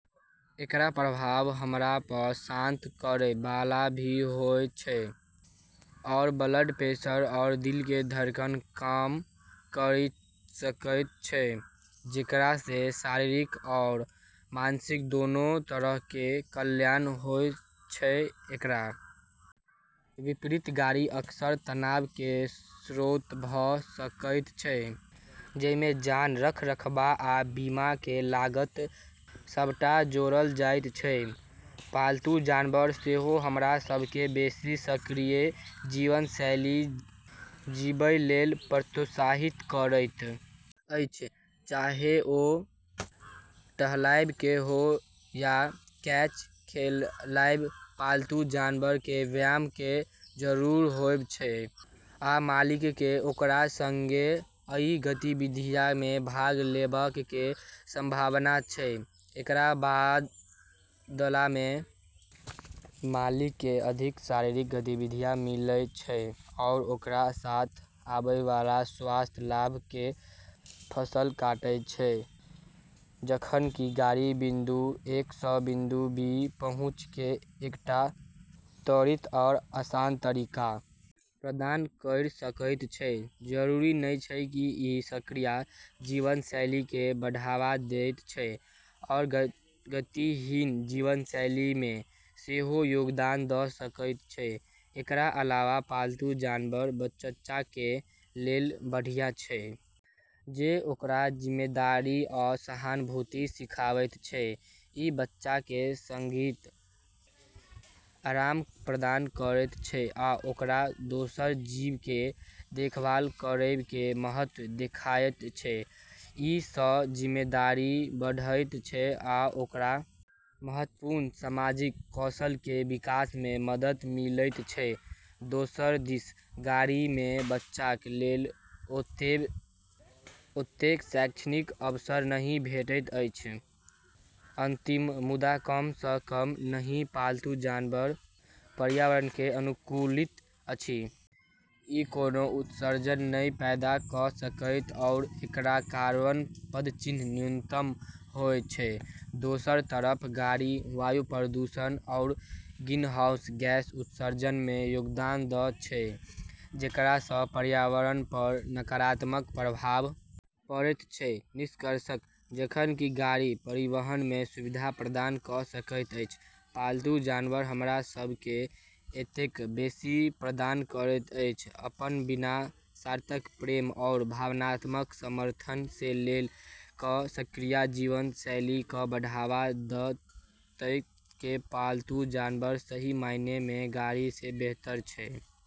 एकरऽ प्रभाव हमरा प॑ शांत करै वाला भी होय छै आरू ब्लड प्रेशर आरू दिल के धड़कन कम करी सकै छै जेकरा से शारीरिक आरू मानसिक दोनों तरह के कल्याण होय छै, एकर विपरीत गाड़ी अक्सर तनाव कें स्रोत भ सकएयत छै, जइ मे जाम, रखरखाव आ बीमा कें लागत सबटा जोड़ल जायत छै, पालतू जानवर सेहो हमरा सबके बेसी सक्रिय जीवनशैली जीबय लेल प्रोत्साहित करैत अछि चाहे ओ टहलएय कें हो या कैच खेलनाय, पालतू जानवरक कें व्यायाम कें जरूरत होयत छै आ मालिकक कें ओकरा संगे अइ गतिविधियक मे भाग लेवा कें संभावना छै, एकरऽ बदला मे मालिकऽ के अधिक शारीरिक गतिविधि मिलै छै आरू ओकरा साथ आबै वाला स्वास्थ्य लाभ केरऽ फसल काटै छै जखन कि गाड़ी बिंदु ए सं बिंदु बी पहुंचय कें एकटा त्वरित आ आसान तरीका प्रदान कयर सकय छै, जरूरी नै छै कि इ सक्रिय जीवनशैली कें बढ़ावा देयत छै आ गतिहीन जीवनशैली मे सेहो योगदान द सकय छै, एकर अलावा पालतू जानवर बच्चाक कें लेल बढ़िया छै जे ओकरा जिम्मेदारी आ सहानुभूति सिखायत छै, इ बच्चाक कें संगति, आराम प्रदान करएयत छै आ ओकरा दोसर जीव कें देखभाल करएय कें महत्व देखाएयत छै, अइ सं जिम्मेदारी बढ़एयत छै आ ओकरा महत्वपूर्ण सामाजिक कौशल कें विकास मे मदद मिलएयत छै, दोसर दिस गाड़ी मे बच्चाक लेल ओतेक शैक्षणिक अवसर नहि भेटैत अछि अंतिम मुदा कम सं कम नहिं पालतू जानवर पर्यावरण के अनुकूल अछि, ई कोनों उत्सर्जन नै पैदा करै छै आरू एकरऽ कार्बन पदचिह्न न्यूनतम होय छै, दोसरऽ तरफ गाड़ी वायु प्रदूषण आरू ग्रीनहाउस गैस उत्सर्जन मे योगदान दै छै जेकरा सं पर्यावरण प नकारात्मक प्रभाव पड़ै छै, निष्कर्षतः जखन कि गाड़ी परिवहन में सुविधा प्रदान क सकैत अछि, पालतू जानवर हमरा सब के एतेक बेसी प्रदान करैत अछि, अपनऽ बिना शर्त प्रेम आरू भावनात्मक समर्थन से ले क सक्रिय जीवनशैली क बढ़ावा दै तक के पालतू जानवर सही मायने मे गाड़ी से बेहतर छै।